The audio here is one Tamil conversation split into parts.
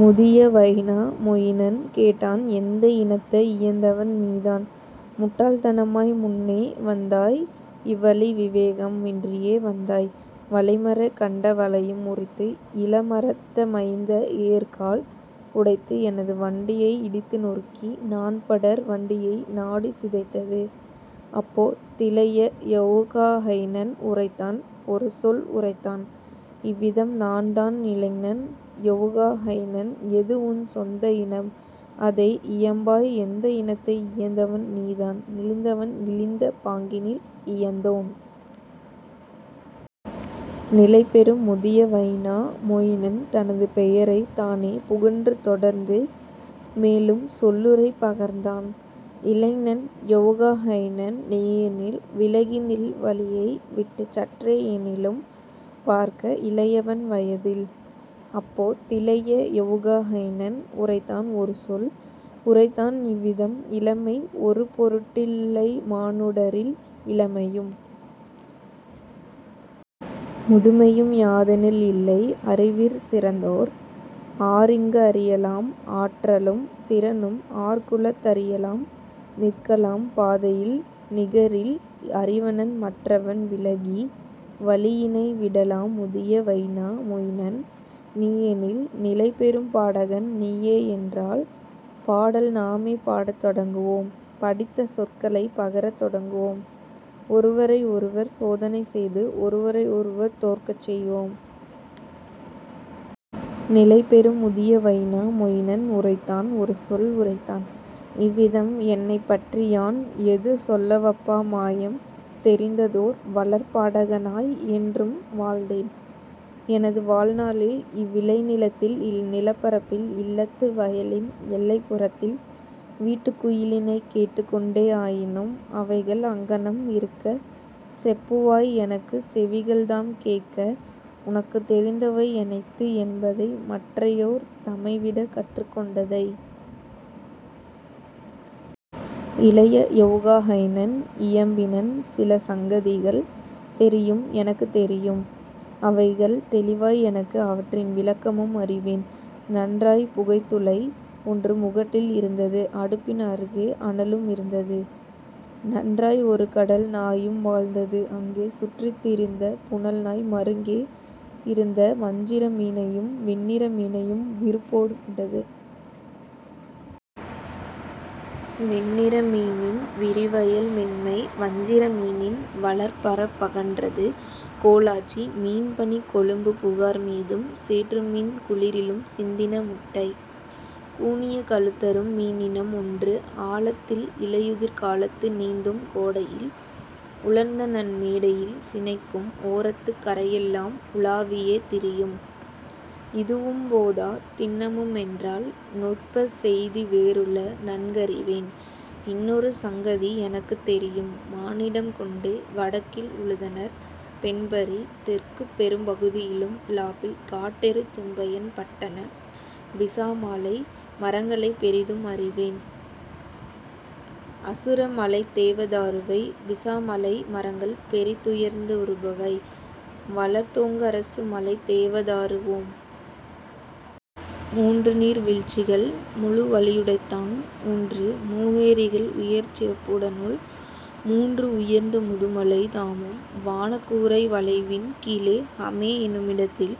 முதிய வைனா மொயினன் கேட்டான் எந்த இனத்தை இயைந்தவன் நீதான் முட்டாள்தனமாய் முன்னே வந்தாய் இவ்வழி விவேகம் இன்றியே வந்தாய் வளைமரக் கண்டவளையம் முறித்து இளமரத்தமைந்த ஏர்க்கால் உடைத்து எனது வண்டியை இடித்துநொருக்கி நான்படர் வண்டியை நாடிச் சிதைத்தது. அப்போ திளைய யொவுகாஹைனன் உரைத்தான் ஒருசொல் உரைத்தான் இவ்விதம் நான்தான் இளைஞன் யொவுகாஹைனன் எதுஉன் சொந்த இனம்அதை இயம்பாய் எந்த இனத்தை இயைந்தவன் நீதான் இழிந்தவன் இழிந்த பாங்கினில் இயைந்தோன். நிலைபெறும் முதிய வைனா மொயினன் தனது பெயரைத் தானே புகன்று தொடர்ந்து மேலும் சொல்லுரை பகர்ந்தான் இளைஞன் யொவுகாஹைனன் நீயெனில் விலகிநில் வழியை விட்டுச் சற்றே என்னிலும் பார்க்க இளையவன் வயதில். அப்போ திளைய யொவுகாஹைனன் உரைத்தான் ஒருசொல் உரைத்தான் இவ்விதம் இளமை ஒருபொருட்டில்லைமானுடரில் இளமையும் முதுமையும் ஏதெனல் இல்லை அறிவிற் சிறந்தோர் ஆரிங்கறியலாம் ஆற்றலும் திறனும் ஆர்க்குள தறியலாம் நிற்கலாம் பாதையில் நிகரில் அறிவினன் மற்றவன் விலகி வழியினை விடலாம் முதிய வைனா மொயினன் நீயெனில் நிலைபெறும் பாடகன் நீயேயென்றால் பாடல் நாமே பாடத் தொடங்குவோம் படித்த சொற்களைப் பகரத் தொடங்குவோம் ஒருவரை ஒருவர் சோதனை செய்து ஒருவரை ஒருவர் தோற்கச் செய்வோம். நிலைபெறும் முதிய வைனா மொயினன் உரைத்தான் ஒருசொல் உரைத்தான் இவ்விதம் என்னைப் பற்றியான் எதுசொலவப்பா மாயம் தெரிந்ததோர் வளர்பாடகனாய் என்றும் வாழ்ந்தேன் எனதுவாழ் நாளில் இவ்விளைநிலத்தில் இந்நிலப்பரப்பில் இல்லத்து வயலின் எல்லைப்புறத்தில் வீட்டுக்குயிலினைக் கேட்டுக் கொண்டே ஆயினும் அவைகள் அங்ஙனம் இருக்க செப்புவாய் எனக்குச் செவிகள்தாம் கேட்க உனக்குத் தெரிந்தவை எனைத்து என்பதை மற்றையோர் தமைவிடக் கற்றுக் கொண்டதை. இளைய யொவுகாஹைனன் இயம்பினன் சிலசங்கதிகள் தெரியும் எனக்கு தெரியும் அவைகள் தெளிவாய் எனக்கு அவற்றின் விளக்கமும் அறிவேன் நன்றாய் புகைத்துளை ஒன்று முகட்டில் இருந்தது அடுப்பின் அருகே அனலும் இருந்தது. நன்றாய் ஒருகடல் நாயும் வாழ்ந்தது அங்கே சுற்றித் திரிந்ததப் புனல்நாய் மருங்கே யிருந்த வஞ்சிர மீனையும் வெண்ணிற மீனையும் விருப்போடுண்டது. வெண்ணிற மீனின் விரிவயல் மென்மை வஞ்சிர மீனின் வளர்ப்பரப்பகன்றது கோலாச்சி மீன்பனிக் கொழும்புகார் மீதும் சேற்றுமீன் குளிரிலும் சிந்தின முட்டை. கூனிய கழுத்துறும் மீனினம் ஒன்று ஆழத்தில் இலையுதிர்காலத்து நீந்தும் கோடையில் உலர்ந்தநன்மேடையில் சினைக்கும் ஓரத்துக் கரையெலாம் உலாவியே திரியும். இதுவும் போதா தின்னமுமென்றால் நுட்பச் செய்திவேறுள நன்கறிவேன் இன்னொரு சங்கதி எனக்குத் தெரியும் மானிடம் கொண்டே வடக்கில் உழுதனர் பெண்பரி தெற்குப்பெரும்பகுதியிலும் லாப்பில் காட்டெரு தும்பயன் பட்டன பிஸாமலை மரங்களைப் பெரிதும் அறிவேன் அறிவேன் அசுரமலைத்தேவதாருவை பிஸாமலை மரங்கள் பெரிதுயர்ந்துறுபவை வளர்தோங்கசுரமலைத்தேவதாருவாம். மூன்றுநீர் வீழ்ச்சிகள் முழுவலியுடைத்தாங் ஊன்று மூவேரிகள் உயர்சிறப்புடனுள மூன்று உயர்ந்த முதுமலை தாமும் வானக்கூரை வளைவின் கீழே ஹமேஎனுமிடத்தில்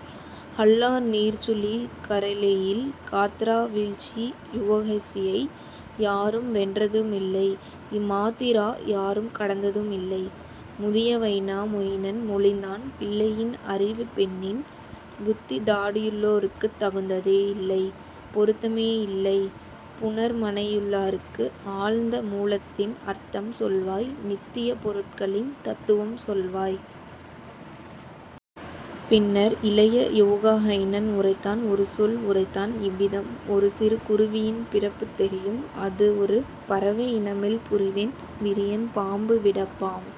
ஹல்லா நீர்ச்சுழி கரேலியில் காத்ரா வீழ்ச்சி வுவோக்ஸியை யாரும் வென்றதுமில்லை இமாத்திரா யாரும் கடந்ததுமில்லை. முதிய வைனா மொயினன் மொழிந்தான் பிள்ளையின் அறிவு பெண்ணின் புத்தி தாடியுளோர்க்குத் தகுந்ததே யில்லை பொருத்தமே யில்லைப் புணர்மனையுளார்க்கு ஆழ்ந்த மூலத்தின் அர்த்தம் சொல்வாய் நித்தியப் பொருட்களின் தத்துவம் சொல்வாய். பின்னர் இளைய யொவுகாஹைனன் உரைத்தான் ஒருசொல் உரைத்தான் இவ்விதம் ஒருசிறு குருவியின் பிறப்புத் தெரியும் அதுஒரு பறவை இனமெனல் புரிவேன் விரியன் பாம்பு விடப்பாம்